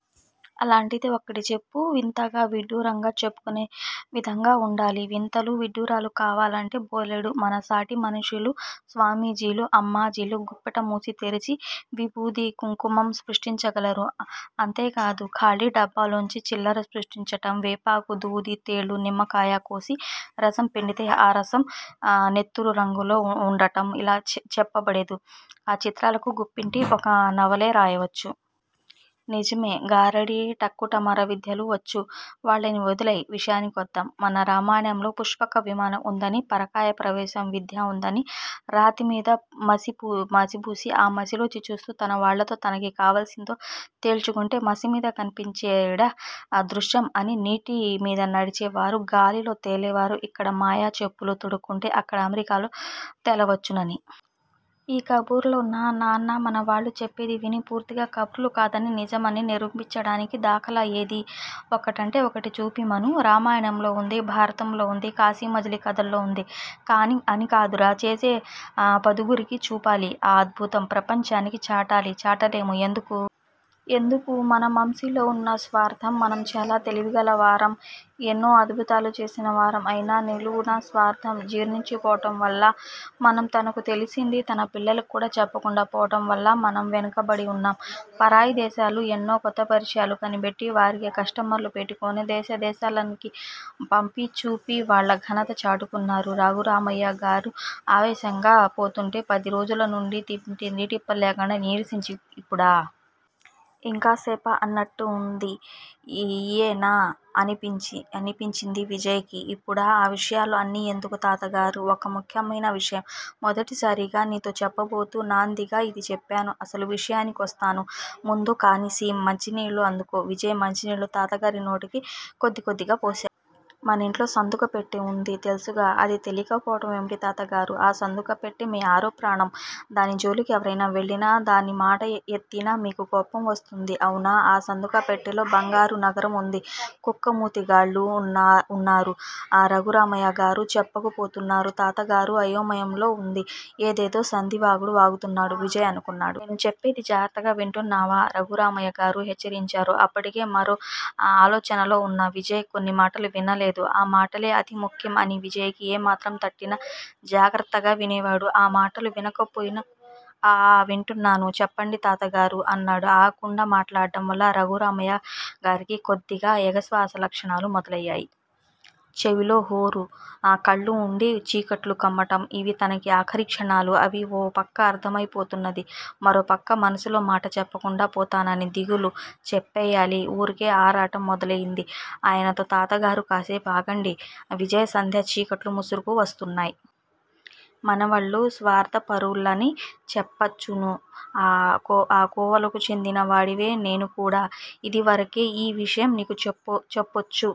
అలాంటిది వక్కటిచెప్పు! వింతగా విడ్డూరంగా చెప్పుకునే విధంగా వుండాలి. వింతలు విదూరాలూ కావాలంటే బోలెడు. మన సాటి మనుష్యులు స్వామీజీలు అమ్మాజీలు గుప్పెట మూసి తెరచి విబూది కుంకంసృష్టించగలరు. అంతేగాదు. ఖాళీ డబ్బాలోంచి చిల్లర సృష్టించటం, వేపాకు దూసి తేళ్ళు నిమ్మకాయ కోసి రసం పండితే ఆ రసం నెత్తురు రంగులో వుండటం ఇలా చెప్పెబడేదు ఆ విచిత్రాలు గుప్పించి ఓ నవలే రాయవచ్చు. నిజమే గారడీ టక్కుటమారు విద్యలు వచ్చు. వాళ్ళని వదిలెయ్యి. విషయానికొద్దాం మన రామాయణంలో పుష్పక విమానం వుందని. పరకాయ ప్రవేశ విద్య వుందని రాతిమీద మసిబూసి ఆ మసిలోకి చూస్తూ తన వాళ్ళనో. తనకి కావాల్సిందో తేల్చుకుంటే మసి మీద కనిపించేడా దృశ్యం అనీ, నీటి మీద నడిచే వారు గాలిలో తేలేవారు, ఇక్కడ మాయా చెప్పులు తొడుక్కుంటే అక్కడ అమెరికాలో తెలవచ్చుననీ. ఈ కబుర్లునా నాన్నా మన వాళ్ళు చెప్పేది ఇవి పూర్తిగా కబుర్లు కాదని నిజం అని నిరూపించటానికి దాఖలా ఏది? ఒక్కటంటే ఒక్కటి చూపమను! రామాయణంలో వుంది. భారతంలో వుంది. కాశీమజలీ కధల్లో వుంది అని కాదురా చేసి పదుగురికి చూపాలి. ఆ అద్భుతం ప్రపంచానికి చాటాలి చటటేదు ఎందుకు? ఎందుకు? మన మంశిలో వున్న స్వార్దం మనం చాలా తెలివిగల వారం. ఎన్నో అద్భుతాలు చేసిన వారం, అయినా నిలువునా స్వార్దం జీర్ణించి పోవటం వల్ల మనం తనకు తెలిసింది తన పిల్లలకి కూడా చెప్పకుండా పోవటం వల్ల మనం వెనక బడి వున్నాం పరాయిదేశాలు ఎన్నో కొత్తపరికరాలు కనిపెట్టి వాటికి కస్టమర్లు పెట్టుకుని దేశ దేశాలకి పంపి చూపి వాళ్ళ ఘనత చాటు కుంటున్నారు రఘురామయ్యగారు ఆవేశంగా చెప్పుకు పోతుంటే పదిరిజుల నుండి తిండీ తిప్పలూ లేక నీరసించి ఇప్పుడా! ఇంకాసేపా, అన్నట్లు వుంది ఈయనా. అనిపించింది విజయ్ కి. ఇప్పుడా ఆ విషయాలూ అన్ని ఎందుకు తాతగారూ! ఒక ముఖ్యమైన విషయం మొదటిసారిగా నీతో చెప్పబోతూ నాందీగా ఇది చెప్పాను. అసలు విషయానికికోస్తాను. ముందు కాసిని మంచినీళ్ళు అందుకో. విజయ్ మంచినీళ్ళు తాతగారి నోటిలో కొద్దికొద్దిగా పోశా. మనింట్లో సందూకాపెట్టే వుంది అది తెల్సుగా! అది తెలియక పోవటం ఏమిటి తాతగారూ! ఆ సందూకాపెట్టే మీ ఆరో ప్రాణం. దాని జోలకి ఎవరైనా వెళ్ళినా దానిమాట ఎత్తినా మీకు కోపం వచ్చేది. అవునా, ఆ సందూకాపెట్టేలో బంగారు నగరం వుంది కుక్క మూతిగాళ్ళు వున్నారు రఘురామయ్యగారు చెప్పకు పోతున్నారు 'తాతగారు అయోమయంలోవుంది ఏదో ఏదో సంధి వాగుడు వాగుతున్నారు' విజయ్ అనుకున్నాడు. నేచేప్పేది జాగ్రత్తగా వింటున్నావా? రఘురామయ్యగారు హెచ్చరించారు. అప్పటికే మరో ఆలోచనలోవున్న విజయ్ కొన్ని మాటలు వినలేదు. ఆ మాటలే అతి ముఖ్యం అని విజయ్ కి ఏమాత్రం తట్టినా జాగ్రత్తగా వినేవాడే అ మాటలు వినకపోయినా ఆ ఆ వింటున్నాను చెప్పండి తాతగారూ! అన్నాడు. ఆగకుండా మాట్లడ్డం వల్ల రఘుర్మయ్యగారికి కొద్దిగా ఎగస్వాసలక్షణాలు మొదలయ్యాయి. చెవిలోహొరు. కళ్ళు వుండి వుండి చీకట్లు కమ్మటం. ఇవి తనకి ఆఖరి క్షణాలు అని ఓ పక్క అర్ధమై పోతున్నది. మరోపక్క మనసులో మాట చెప్పకుండా పోతాననే దిగులు. చెప్పెయ్యాలి ఊరికే ఆరాటం మొదలై ది ఆయనతో. 'తాతగారూ! కాసేపు ఆగండి విజయ్ సంధ్య చీకట్లు ముసురుకు వస్తున్నాయ్. మనవళ్ళు స్వార్దంపరులనిచెప్పా చూసు. ఆ కోవలోకి చెందినవాడినే నేనుకూడా. ఇదివరకే యీ విషయం నీకు చెప్పొచ్చు